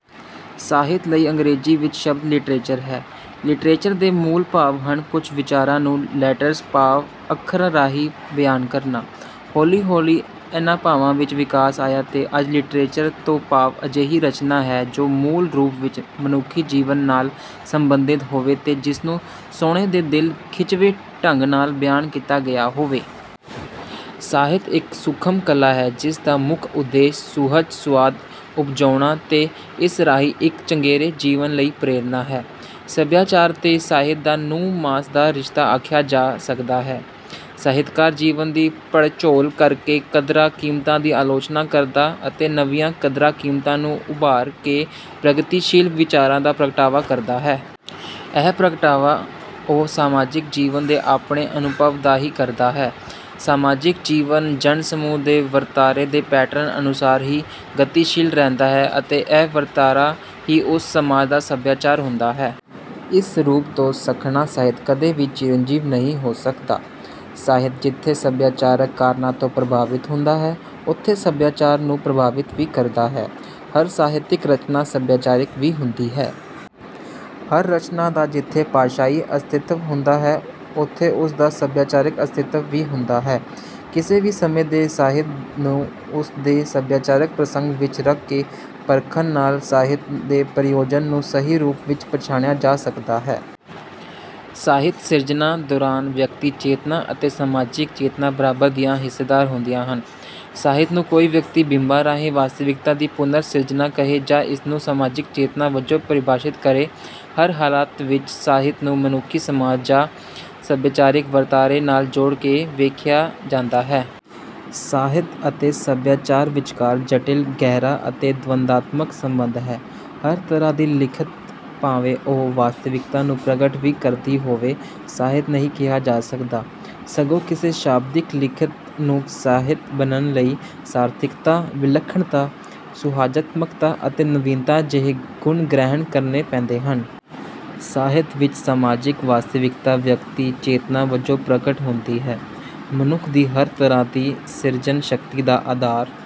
ਸਾਹਿਤ ਲਈ ਅੰਗਰੇਜ਼ੀ ਵਿੱਚ ਸ਼ਬਦ ਲਿਟਰੇਚਰ ਹੈ। ਲਿਟਰੇਚਰ ਦੇ ਮੂਲ ਭਾਵ ਹਨ ਕੁਝ ਵਿਚਾਰਾਂ ਨੂੰ ਲੈਟਰਜ਼ ਭਾਵ ਅੱਖਰਾਂ ਰਾਹੀਂ ਬਿਆਨ ਕਰਨਾ। ਹੌਲੀ-ਹੌਲੀ ਇਨ੍ਹਾਂ ਭਾਵਾਂ ਵਿੱਚ ਵਿਕਾਸ ਆਇਆ ਤੇ ਅੱਜ ਲਿਟਰੇਚਰ ਤੋਂ ਭਾਵ ਅਜਿਹੀ ਰਚਨਾ ਹੈ ਜੋ ਮੂਲ ਰੂਪ ਵਿੱਚ ਮਨੁੱਖੀ ਜੀਵਨ ਨਾਲ ਸੰਬੰਧਿਤ ਹੋਵੇ ਤੇ ਜਿਸਨੂੰ ਸੋਹਣੇ ਦੇ ਦਿਲ ਖਿੱਚਵੇਂ ਢੰਗ ਨਾਲ ਬਿਆਨ ਕੀਤਾ ਗਿਆ ਹੋਵੇ। ਸਾਹਿਤ ਇੱਕ ਸੂਖ਼ਮ ਕਲਾ ਹੈ ਜਿਸ ਦਾ ਮੁੱਖ ਉਦੇਸ਼ ਸੁਹਜ-ਸੁਆਦ ਉਪਜਾਉਣਾ ਤੇ ਇਸ ਰਾਹੀਂ ਇੱਕ ਚੰਗੇਰੇ ਜੀਵਨ ਲਈ ਪ੍ਰੇਰਣਾ ਹੈ। ਸਭਿਆਚਾਰ ਤੇ ਸਾਹਿਤ ਦਾ ਨਹੁੰ ਮਾਸ ਦਾ ਰਿਸ਼ਤਾ ਆਖਿਆ ਜਾ ਸਕਦਾ ਹੈ। ਸਾਹਿਤਕਾਰ ਜੀਵਨ ਦੀ ਪੜਚੋਲ ਕਰਕੇ ਕਦਰਾਂ-ਕੀਮਤਾਂ ਦੀ ਆਲੋਚਨਾ ਕਰਦਾ ਅਤੇ ਨਵੀਆਂ ਕਦਰਾਂ-ਕੀਮਤਾਂ ਨੂੰ ਉਭਾਰ ਕੇ ਪ੍ਰਗਤੀਸ਼ੀਲ ਵਿਚਾਰਾਂ ਦਾ ਪ੍ਰਗਟਾਵਾ ਕਰਦਾ ਹੈ। ਇਹ ਪ੍ਰਗਟਾਵਾ ਉਹ ਸਮਾਜਿਕ ਜੀਵਨ ਦੇ ਆਪਣੇ ਅਨੁਭਵ ਦਾ ਹੀ ਕਰਦਾ ਹੈ। ਸਮਾਜਿਕ, ਜੀਵਨ, ਜਨ ਸਮੂਹ ਦੇ ਵਰਤਾਰੇ ਦੇ ਪੈਟਰਨ ਅਨੁਸਾਰ ਹੀ ਗਤੀਸ਼ੀਲ ਰਹਿੰਦਾ ਹੈ ਅਤੇ ਇਹ ਵਰਤਾਰਾ ਹੀ ਉਸ ਸਮਾਜ ਦਾ ਸਭਿਆਚਾਰ ਹੁੰਦਾ ਹੈ। ਇਸ ਸਰੂਪ ਤੋਂ ਸੱਖਣਾ ਸਾਹਿਤ ਕਦੇ ਵੀ ਚਿਰੰਜੀਵ ਨਹੀਂ ਹੋ ਸਕਦਾ। ਸਾਹਿਤ ਜਿਥੇ ਸਭਿਆਚਾਰਕ ਕਾਰਨਾਂ ਤੋਂ ਪ੍ਰਭਾਵਿਤ ਹੁੰਦਾ ਹੈ, ਉਥੇ ਸਭਿਆਚਾਰ ਨੂੰ ਪ੍ਰਭਾਵਿਤ ਵੀ ਕਰਦਾ ਹੈ। ਹਰ ਸਾਹਿਤਕ ਰਚਨਾ ਸਭਿਆਚਾਰਕ ਵੀ ਹੁੰਦੀ ਹੈ। ਹਰ ਰਚਨਾ ਦਾ ਜਿੱਥੇ ਭਾਸ਼ਾਈ ਅਸਤਿਤਵ ਹੁੰਦਾ ਹੈ, ਉੱਥੇ ਉਸ ਦਾ ਸਭਿਆਚਾਰਕ ਅਸਤਿਤਵ ਵੀ ਹੁੰਦਾ ਹੈ। ਕਿਸੇ ਵੀ ਸਮੇਂ ਦੇ ਸਾਹਿਤ ਨੂੰ ਉਸ ਦੇ ਸਭਿਆਚਾਰਕ ਪ੍ਰਸੰਗ ਵਿੱਚ ਰੱਖ ਕੇ ਪਰਖਣ ਨਾਲ ਸਾਹਿਤ ਦੇ ਪ੍ਰਯੋਜਨ ਨੂੰ ਸਹੀ ਰੂਪ ਵਿੱਚ ਪਛਾਣਿਆ ਜਾ ਸਕਦਾ ਹੈ। ਸਾਹਿਤ ਸਿਰਜਣਾ ਦੌਰਾਨ ਵਿਅਕਤੀ ਚੇਤਨਾ ਅਤੇ ਸਮਾਜਿਕ ਚੇਤਨਾ ਬਰਾਬਰ ਦੀਆਂ ਹਿੱਸੇਦਾਰ ਹੁੰਦੀਆਂ ਹਨ। ਸਾਹਿਤ ਨੂੰ ਕੋਈ ਵਿਅਕਤੀ ਬਿੰਬਾਂ ਰਾਹੀਂ ਵਾਸਤਵਿਕਤਾ ਦੀ ਪੁਨਰ ਸਿਰਜਣਾ ਕਹੇ ਜਾਂ ਇਸਨੂੰ ਸਮਾਜਿਕ ਚੇਤਨਾ ਵਜੋਂ ਪਰਿਭਾਸ਼ਿਤ ਕਰੇ ਹਰ ਹਾਲਤ ਵਿੱਚ ਸਾਹਿਤ ਨੂੰ ਮਨੁੱਖੀ ਸਮਾਜ ਜਾਂ ਸਭਿਆਚਾਰਕ ਵਰਤਾਰੇ ਨਾਲ ਜੋੜ ਕੇ ਵੇਖਿਆ ਜਾਂਦਾ ਹੈ। ਸਾਹਿਤ ਅਤੇ ਸਭਿਆਚਾਰ ਵਿਚਕਾਰ ਜਟਿਲ, ਗਹਿਰਾ ਅਤੇ ਦਵੰਦਾਤਮਕ ਸੰਬੰਧ ਹੈ। ਹਰ ਤਰ੍ਹਾਂ ਦੀ ਲਿਖਤ ਭਾਵੇਂ ਉਹ ਵਾਸਤਵਿਕਤਾ ਨੂੰ ਪ੍ਰਗਟ ਵੀ ਕਰਦੀ ਹੋਵੇ, ਸਾਹਿਤ ਨਹੀਂ ਕਿਹਾ ਜਾ ਸਕਦਾ, ਸਗੋਂ ਕਿਸੇ ਸ਼ਾਬਦਿਕ ਲਿਖਤ ਨੂੰ ਸਾਹਿਤ ਬਨਣ ਲਈ ਸਾਰਥਿਕਤਾ, ਵਿਲੱਖਣਤਾ, ਸੁਹਜਾਤਮਕਤਾ ਅਤੇ ਨਵੀਨਤਾ ਜਿਹੇ ਗੁਣ ਗ੍ਰਹਿਣ ਕਰਨੇ ਪੈਂਦੇ ਹਨ। ਸਾਹਿਤ ਵਿੱਚ ਸਮਾਜਿਕ ਵਾਸਤਵਿਕਤਾ ਵਿਅਕਤੀ ਚੇਤਨਾ ਵਜੋਂ ਪ੍ਰਗਟ ਹੁੰਦੀ ਹੈ। ਮਨੁੱਖ ਦੀ ਹਰ ਤਰ੍ਹਾਂ ਦੀ ਸਿਰਜਨ ਸ਼ਕਤੀ ਦਾ ਆਧਾਰ